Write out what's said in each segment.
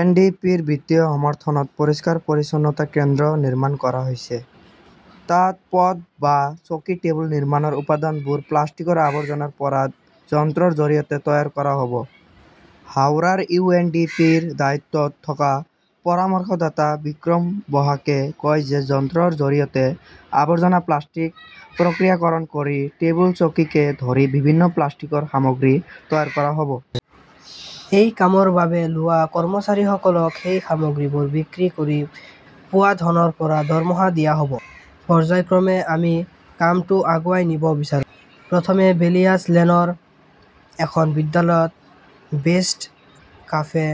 N. D. P. ৰ বিত্তীয় সমৰ্থনত পৰিষ্কাৰ-পৰিচ্ছন্নতা কেন্দ্ৰ নিৰ্মাণ কৰা হৈছে। তাত পথ বা চকী-টেবুল নিৰ্মাণৰ উপাদানবোৰ প্লাষ্টিকৰ আৱৰ্জনাৰ পৰা যন্ত্ৰৰ জৰিয়তে তৈয়াৰ কৰা হ'ব। হাওড়াৰ ইউ. এন. ডি. পি. -ৰ দায়িত্বত থকা পৰামৰ্শদাতা বিক্ৰম বসাকে কয় যে যন্ত্ৰৰ জৰিয়তে আৱৰ্জনা প্লাষ্টিক প্ৰক্ৰিয়াকৰণ কৰি টেবুল, চকীকে ধৰি বিভিন্ন প্লাষ্টিকৰ সামগ্ৰী তৈয়াৰ কৰা হ'ব। এই কামৰ বাবে লোৱা কৰ্মচাৰীসকলক সেই সামগ্ৰীবোৰ বিক্ৰী কৰি পোৱা ধনৰ পৰা দৰমহা দিয়া হ'ব। পৰ্য্যায়ক্ৰমে আমি কামটো আগুৱাই নিব বিচাৰো। প্ৰথমে বেলিয়াছ লেনৰ এখন বিদ্যালয়ত বেষ্ট কাফে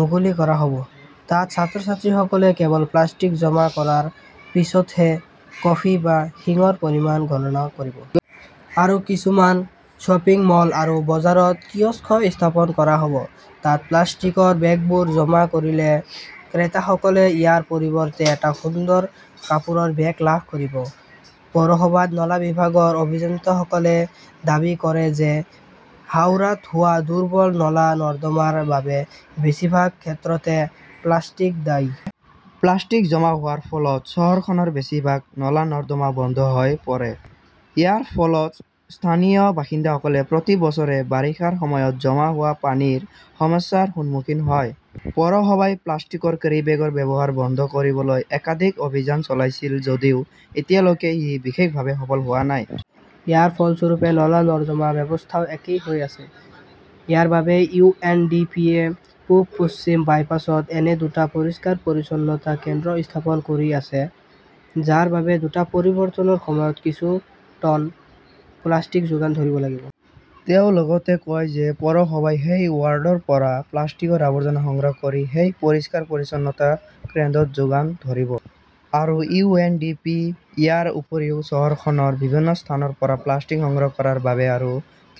মুকলি কৰা হ'ব। তাত ছাত্ৰ-ছাত্ৰীসকলে কেৱল প্লাষ্টিক জমা কৰাৰ পিছতহে কফি বা শিঙৰ পৰিমাণ গণনা কৰিব। আৰু কিছুমান শ্বপিং মল আৰু বজাৰত কিয়স্ক ইস্থাপন কৰা হ'ব। তাত প্লাষ্টিকৰ বেগবোৰ জমা কৰিলে ক্ৰেতাসকলে ইয়াৰ পৰিৱৰ্তে এটা সুন্দৰ কাপোৰৰ বেগ লাভ কৰিব। পৌৰসভাৰ নলা বিভাগৰ অভিযন্তাসকলে দাবী কৰে যে হাওৰাত হোৱা দুৰ্বল নলা-নৰ্দমাৰ বাবে বেছিভাগ ক্ষেত্ৰতে প্লাষ্টিক দায়ী। প্লাষ্টিক জমা হোৱাৰ ফলত চহৰখনৰ বেছিভাগ নলা-নৰ্দমা বন্ধ হৈ পৰে। ইয়াৰ ফলত স্থানীয় বাসিন্দাসকলে প্ৰতি বছৰে বাৰিষাৰ সময়ত জমা হোৱা পানীৰ সমস্যাৰ সন্মুখীন হয়। পৌৰসভাই প্লাষ্টিকৰ কেৰিবেগৰ ব্যৱহাৰ বন্ধ কৰিবলৈ একাধিক অভিযান চলাইছিল যদিও এতিয়ালৈকে ই বিশেষভাৱে সফল হোৱা নাই। ইয়াৰ ফলস্বৰূপে নলা-নৰ্দমা ব্যৱস্থাও একেই হৈ আছে। ইয়াৰ বাবে ইউ. এন. ডি. পি. -য়ে পূব-পশ্চিম বাইপাছত এনে দুটা পৰিষ্কাৰ-পৰিচ্ছন্নতা কেন্দ্ৰ ইস্থাপন কৰি আছে, যাৰ বাবে দুটা পৰিৱৰ্তনৰ সময়ত কিছু টন প্লাষ্টিক যোগান ধৰিব লাগিব। তেওঁ লগতে কয় যে পৌৰসভাই সেই ৱাৰ্ডৰ পৰা প্লাষ্টিকৰ আৱৰ্জনা সংগ্ৰহ কৰি সেই পৰিষ্কাৰ-পৰিচ্ছন্নতা কেন্দ্ৰত যোগান ধৰিব। আৰু ইউ. এন. ডি. পি. ইয়াৰ উপৰিও, চহৰখনৰ বিভিন্ন স্থানৰ পৰা প্লাষ্টিক সংগ্ৰহ কৰাৰ বাবে আৰু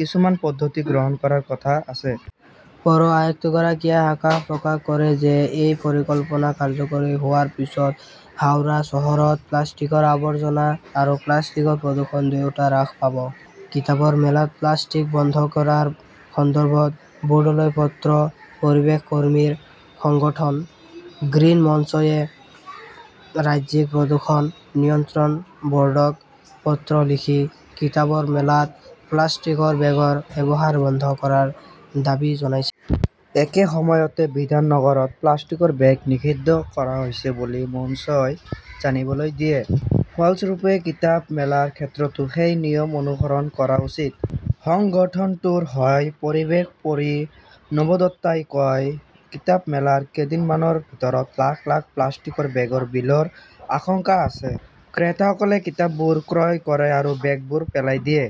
কিছুমান পদ্ধতি গ্ৰহণ কৰাৰ কথা আছে। পৌৰ আয়ুক্তগৰাকীয়ে আশা প্ৰকাশ কৰে যে এই পৰিকল্পনা কাৰ্যকৰী হোৱাৰ পিছত হাওৰা চহৰত প্লাষ্টিকৰ আৱৰ্জনা আৰু প্লাষ্টিকৰ প্ৰদূষণ দুয়োটাই হ্ৰাস পাব। কিতাপৰ মেলাত প্লাষ্টিক বন্ধ কৰাৰ সন্দৰ্ভত বোৰ্ডলৈ পত্ৰ পৰিৱেশ কৰ্মীৰ সংগঠন গ্ৰীণ মঞ্চ এ ৰাজ্যিক প্ৰদূষণ নিয়ন্ত্ৰণ বৰ্ডক পত্ৰ লিখি কিতাপৰ মেলাত প্লাষ্টিকৰ বেগৰ ব্যৱহাৰ বন্ধ কৰাৰ দাবী জনাইছে। একে সময়তে বিধাননগৰত প্লাষ্টিকৰ বেগ নিষিদ্ধ কৰা হৈছে বুলি মঞ্চই জানিবলৈ দিয়ে। ফলস্বৰূপে, কিতাপ মেলাৰ ক্ষেত্ৰতো সেই নিয়ম অনুসৰণ কৰা উচিত। সংগঠনটোৰ হয় পৰিৱেশ পৰি নৱদত্তাই কয় কিতাপ মেলাৰ কেইদিনমানৰ ভিতৰত লাখ -লাখ প্লাষ্টিকৰ বেগৰ বিলৰ আশংকা আছে। ক্ৰেতাসকলে কিতাপবোৰ ক্ৰয় কৰে আৰু বেগবোৰ পেলাই দিয়ে।